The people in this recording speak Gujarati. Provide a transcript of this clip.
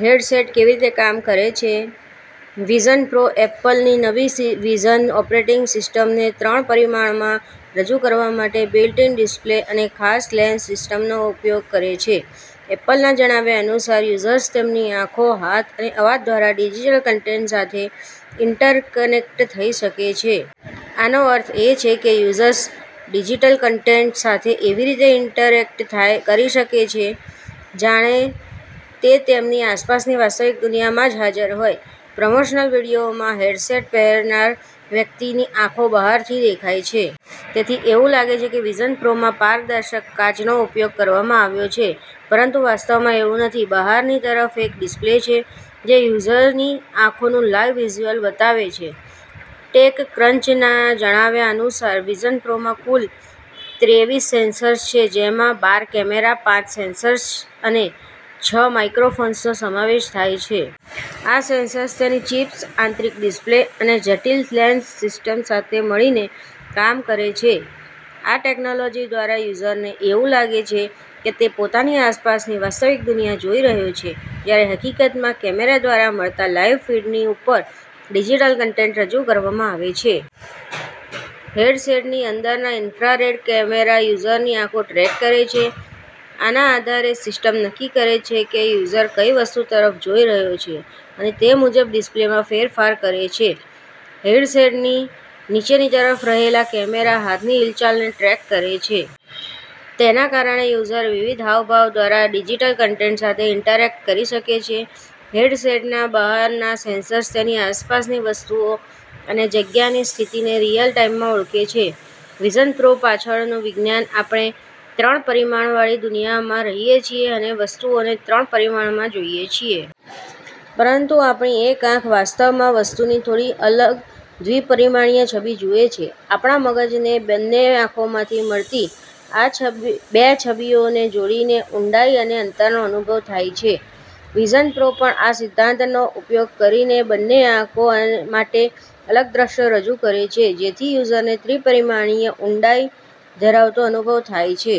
હેડસેટ કેવી રીતે કામ કરે છે? વિઝન પ્રો એપલની નવી વિઝન ઓપરેટિંગ સિસ્ટમને ત્રણ પરિમાણમાં રજૂ કરવા માટે બિલ્ટ-ઇન ડિસ્પ્લે અને ખાસ લેન્સ સિસ્ટમનો ઉપયોગ કરે છે. એપલના જણાવ્યા અનુસાર, યુઝર્સ તેમની આંખો, હાથ અને અવાજ દ્વારા ડિજિટલ કન્ટેન્ટ સાથે ઇન્ટરેક્ટ કરી શકે છે. આનો અર્થ એ છે કે યુઝર્સ ડિજિટલ કન્ટેન્ટ સાથે એવી રીતે ઇન્ટરેક્ટ કરી શકે છે, જાણે તે તેમની આસપાસની વાસ્તવિક દુનિયામાં જ હાજર હોય. પ્રમોશનલ વીડિયોમાં હેડસેટ પહેરનાર વ્યક્તિની આંખો બહારથી દેખાય છે. તેથી એવું લાગે છે કે વિઝન પ્રોમાં પારદર્શક કાચનો ઉપયોગ કરવામાં આવ્યો છે, પરંતુ વાસ્તવમાં એવું નથી. બહારની તરફ એક ડિસ્પ્લે છે, જે યુઝરની આંખોનું લાઇવ વિઝ્યુઅલ બતાવે છે. ટેકક્રંચના જણાવ્યા અનુસાર, વિઝન પ્રોમાં કુલ ત્રેવીસ સેન્સર્સ છે, જેમાં બાર કેમેરા, પાંચ સેન્સર્સ અને છ માઇક્રોફોન્સનો સમાવેશ થાય છે. આ સેન્સર્સ તેની ચિપ્સ, આંતરિક ડિસ્પ્લે અને જટિલ લેન્સ સિસ્ટમ સાથે મળીને કામ કરે છે. આ ટેક્નોલોજી દ્વારા યુઝરને એવું લાગે છે કે તે પોતાની આસપાસની વાસ્તવિક દુનિયા જોઈ રહ્યો છે, જ્યારે હકીકતમાં કેમેરા દ્વારા મળતા લાઇવ ફીડની ઉપર ડિજિટલ કન્ટેન્ટ રજૂ કરવામાં આવે છે. હેડસેટની અંદરના ઇન્ફ્રારેડ કેમેરા યુઝરની આંખોને ટ્રૅક કરે છે. આના આધારે સિસ્ટમ નક્કી કરે છે કે યુઝર કઈ વસ્તુ તરફ જોઈ રહ્યો છે અને તે મુજબ ડિસ્પ્લેમાં ફેરફાર કરે છે. હેડસેટની નીચેની તરફ રહેલા કેમેરા હાથની હિલચાલને ટ્રૅક કરે છે. તેના કારણે યુઝર વિવિધ હાવભાવ દ્વારા ડિજિટલ કન્ટેન્ટ સાથે ઇન્ટરેક્ટ કરી શકે છે. હેડસેટની બહારના સેન્સર્સ તેની આસપાસની વસ્તુઓ અને જગ્યાની સ્થિતિને રિયલ ટાઇમમાં ઓળખે છે. વિઝન પ્રો પાછળનું વિજ્ઞાન આપણે ત્રણ પરિમાણવાળી દુનિયામાં રહીએ છીએ અને વસ્તુઓને ત્રણ પરિમાણમાં જોઈએ છીએ. પરંતુ આપણી દરેક આંખ વાસ્તવમાં વસ્તુની થોડી અલગ દ્વિ-પરિમાણીય છબી જુએ છે. આપણા મગજને બંને આંખોમાંથી મળતી આ બે છબીઓને જોડીને ઊંડાઈ અને અંતરનો અનુભવ થાય છે. વિઝન પ્રો પણ આ જ સિદ્ધાંતનો ઉપયોગ કરીને બંને આંખો માટે અલગ દૃશ્યો રજૂ કરે છે, જેથી યુઝરને ત્રિ-પરિમાણીય અને ઊંડાઈ ધરાવતો અનુભવ થાય છે.